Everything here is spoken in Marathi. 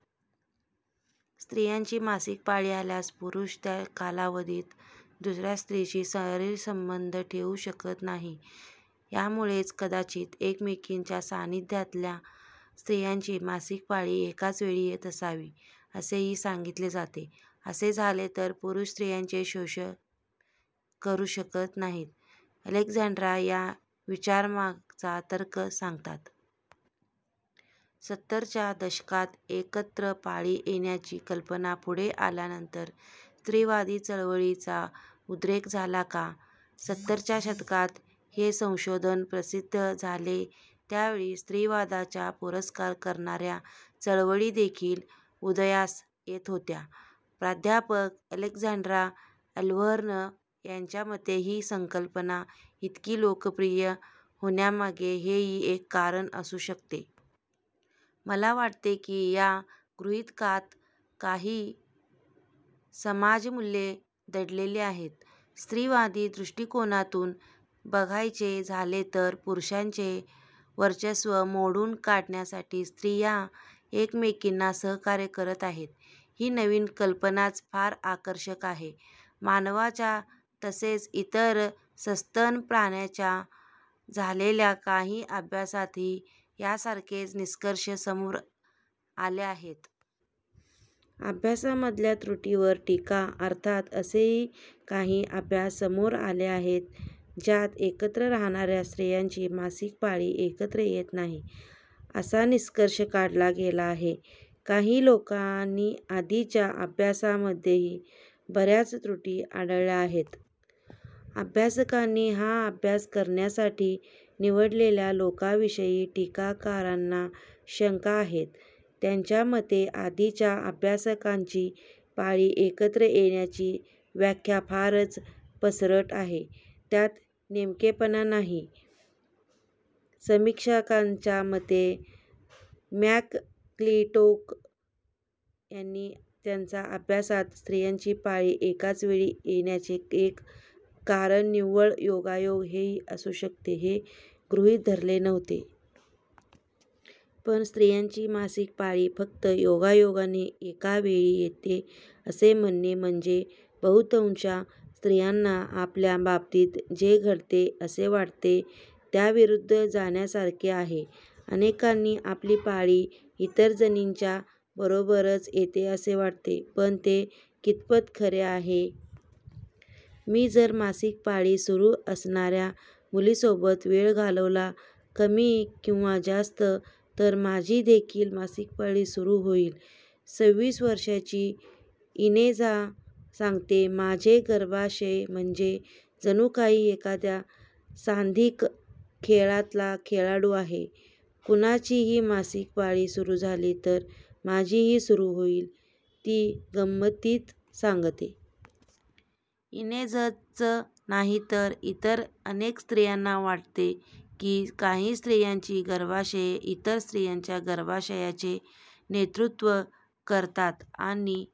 स्त्रियांची मासिक पाळी आल्यास पुरुष त्या कालावधीत दुसऱ्या स्त्रीशी शरीरसंबंध ठेवू शकत नाही. यामुळेच कदाचित एकमेकींच्या सान्निध्यातल्या स्त्रियांची मासिक पाळी एकाच वेळी येत असावी, असेही सांगितले जाते. "असे झाले तर पुरुष स्त्रियांचे शोषण करू शकत नाहीत," अलेक्झांड्रा या विचारामागचा तर्क सांगतात. सत्तरच्या दशकात एकत्र पाळी येण्याची कल्पना पुढे आल्यानंतर स्त्रीवादी चळवळीचा उद्रेक झाला का? सत्तरच्या दशकात हे संशोधन प्रसिद्ध झाले त्यावेळी स्त्रीवादाचा पुरस्कार करणाऱ्या चळवळी देखील उदयास येत होत्या. प्राध्यापक अलेक्झांड्रा ॲलव्हर्न यांच्या मते ही संकल्पना इतकी लोकप्रिय होण्यामागे हेही एक कारण असू शकते. "मला वाटते की, या गृहितकात काही 'समाजमूल्ये' दडलेली आहेत. स्त्रीवादी दृष्टिकोनातून बघायचे झाले तर पुरुषांचे वर्चस्व मोडून काढण्यासाठी स्त्रिया एकमेकींना सहकार्य करत आहेत ही कल्पनाच फार आकर्षक आहे." मानवाचा तसेच इतर सस्तन प्राण्यांच्या झालेल्या काही अभ्यासांतही यासारखेच निष्कर्ष समोर आले आहेत. अभ्यासामधल्या त्रुटींवर टीका - अर्थात असेही काही अभ्यास समोर आले आहेत ज्यात एकत्र राहणाऱ्या स्त्रियांची मासिक पाळी एकत्र येत नाही असा निष्कर्ष काढला गेला आहे. काही लोकांनी आधीच्या अभ्यासांमध्येही बऱ्याच त्रुटी आढळल्या आहेत. अभ्यासकांनी हा अभ्यास करण्यासाठी निवडलेल्या लोकांविषयी टीकाकारांना शंका आहेत. त्यांच्या मते आधीच्या अभ्यासकांची 'पाळी एकत्र येण्याची' व्याख्या फारच पसरट आहे. त्यात नेमकेपणा नाही. समीक्षकांच्या मते, मॅकक्लिंटोक यांनी त्यांच्या अभ्यासात स्त्रियांची पाळी एकाच वेळी येण्याचे एक कारण निव्वळ योगायोग हेही असू शकते, हे गृहीत धरले नव्हते. पण स्त्रियांची मासिक पाळी फक्त योगायोगाने एका वेळी येते असे म्हणणे म्हणजे बहुतांश स्त्रियांना आपल्या बाबतीत जे घडते असे वाटते त्याविरुद्ध जाण्यासारखे आहे. अनेकींना आपली पाळी इतर जणींच्या बरोबरच येते असे वाटते, पण ते कितपत खरे आहे? "मी जर मासिक पाळी सुरू असणाऱ्या मुलीसोबत वेळ घालवला, कमी किंवा जास्त तर माझीदेखील मासिक पाळी सुरू होईल," सव्वीस वर्षांची इनेझ सांगते. "माझे गर्भाशय म्हणजे जणू काही एखाद्या सांघिक खेळातला खेळाडू आहे. कुणाचीही मासिक पाळी सुरू झाली तर माझीही सुरू होईल," ती गंमतीत सांगते. इनेझच नाही तर इतर अनेक स्त्रियांना वाटते की, काही स्त्रियांची गर्भाशये इतर स्त्रियांच्या गर्भाशयांचे नेतृत्व करतात आणि